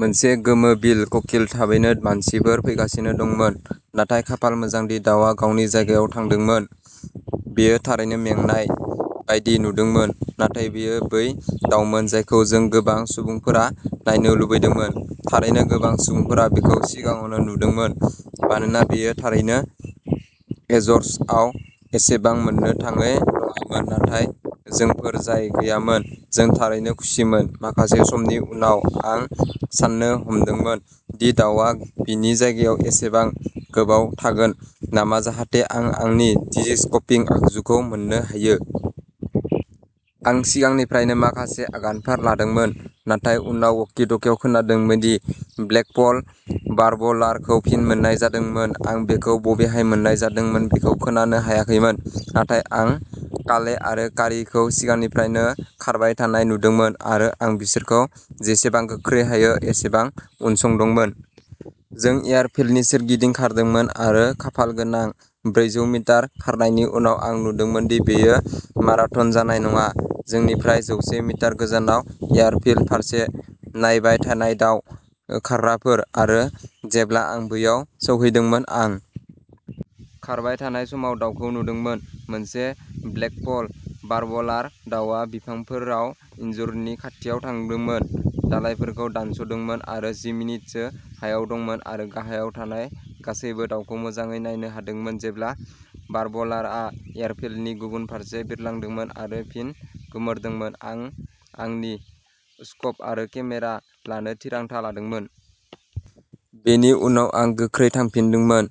मोनसे गोमो-बिल कोकिल थाबैनो मानसिफोर फैगासिनो दंमोन, नाथाय खाफाल मोजां दि दाउआ गावनि जायगायाव थादोंमोन। बेयो थारैनो मेंनाय बायदि नुदोंमोन। नाथाय बेयो बै दाउमोन जायखौ जों गोबां सुबुंफोरा नायनो लुबैदोंमोन। थारैनो गोबां सुबुंफोरा बेखौ सिगाङावबो नुदोंमोन मानोना बेयो थारैनो एजरसआव एसेबां मोननो थाङै नङामोन, नाथाय जोंफोर जाय गैयामोन जों थारैनो खुसिमोन माखासे समनि उनाव आं साननो हमदोंमोन दि दाउआ बिनि जायगायाव एसेबां गोबाव थागोन नामा जाहाथे आं आंनि डिजिस्कपिं आगजुखौ मोन्नो हायो। आं सिगांनिफ्रायनो माखासे आगानफोर लादोंमोन नाथाय उनाव वाकि-टकिआव खोनादोंमोन दि ब्लेकपल वार्बलारखौ फिन मोन्नाय जादोंमोन आं बेखौ बबेहाय मोन्नाय जादोंमोन बेखौ खोनानो हायाखैमोन। नाथाय आं काले आरो कारीखौ सिगांनिफ्रायनो खारबाय थानाय नुदोंमोन आरो आं बिसोरखौ जेसेबां गोख्रै हायो एसेबां उनसंदोंमोन। जों एयारफील्डनि सोरगिदिं खारदोंमोन आरो खाफालगोनां ब्रैजौ मिटार खारनायनि उनाव आं नुदोंमोन दि बेयो माराथन जानाय नङा जोंनिफ्राय जौसे मिटार गोजानाव एयारफील्ड फारसे नायबाय थानाय दाव खारग्राफोरा। आरो जेब्ला आं बैयाव सौहैदोंमोन, आं खारबाय थानाय समाव दाउखौ नुदोंमोन मोनसे ब्लेकपल वार्बलार दाउआ बिफांफोराव इनजुरनि खाथियाव थादोंमोन, दालाइफोरखौ दानस'दोंमोन आरो जि मिनिटसो हायाव दंमोन आरो गाहायाव थानाय गासैबो दाउखौ मोजाङै नायनो हादोंमोन जेब्ला वार्बलारआ एयारफील्डनि गुबुन फारसे बिरलांदोंमोन आरो फिन गोमोरदोंमोन, आं आंनि स्कोप आरो केमेरा लानो थिरांथा लादोंमोन। बेनि उनाव आं गोख्रै थांफिनदोंमोन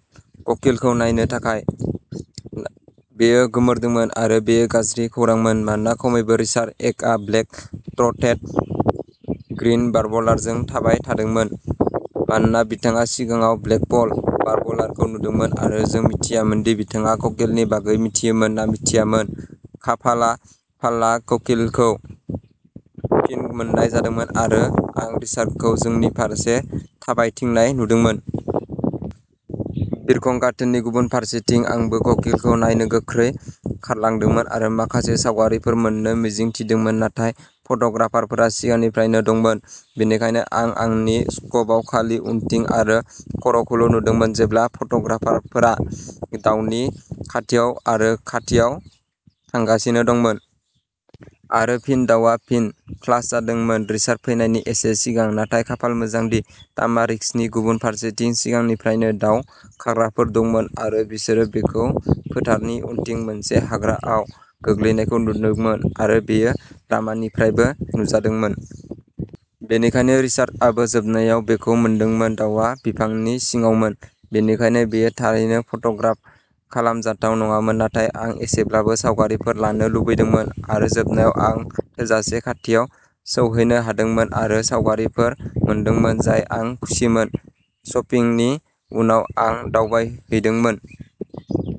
कोकिलखौ नायनो थाखाय नाथाय बेयो गोमोरदोंमोन। आरो बेयो गाज्रि खौरांमोन मानोना खमैबो रिचार्ड एकआ ब्लेक थ्र'टेटेड ग्रीन वार्बलारजों थाबाय थादोंमोन मानोना बिथाङा सिगाङाव ब्लेकपल वार्बलारखौ नुदोंमोन आरो जों मिथियामोन दि बिथाङा कोकिलनि बागै मिथियोमोन ना मिथियामोन खाफालाफाला कोकिलखौ फिन मोन्नाय जादोंमोन आरो आं रिचार्डखौ जोंनि फारसे थाबायथिंनाय नुदोंमोन। बिरखं गाथोननि गुबुन फारसेथिं। आंबो कोकिलखौ नायनो गोख्रै खारलांदोंमोन आरो माखासे सावगारिफोर मोन्नो मिजिं थिदोंमोन, नाथाय फट'ग्राफारफोरा सिगांनिफ्रायनो दंमोन। बेनिखायनो आं आंनि स्कोपआव खालि उनथिं आरो खर'खौल' नुदोंमोन, जेब्ला फट'ग्राफारफोरा दावनि खाथियाव आरो खाथियाव थांगासिनो दंमोन। आरो फिन दाउआ फिन फ्लास जादोंमोन रिचार्ड फैनायनि एसे सिगां। नाथाय खाफाल मोजां दि तामारिस्कनि गुबुन फारसेथिं सिगांनिफ्रायनो दाव खारग्राफोर दंमोन आरो बिसोरो बेखौ फोथारनि उनथिं मोनसे हाग्राआव गोग्लैनायखौ नुदोंमोन आरो बेयो लामानिफ्रायबो नुजादोंमोन। बेनिखायनो रिचार्डआबो जोबनायाव बेखौ मोनदोंमोन दाउआ बिफांनि सिङावमोन, बेनिखायनो बेयो थारैनो फट'ग्राफ खालामजाथाव नङामोन, नाथाय आं एसेब्लाबो सावगारिफोर लानो लुबैदोंमोन। आरो जोबनायाव आं थोजासे खाथियाव सौहैनो हादोंमोन आरो सावगारिफोर मोनदोंमोन जाय आं खुसिमोन। शपिंनि उनाव आं दावबायहैदोंमोन।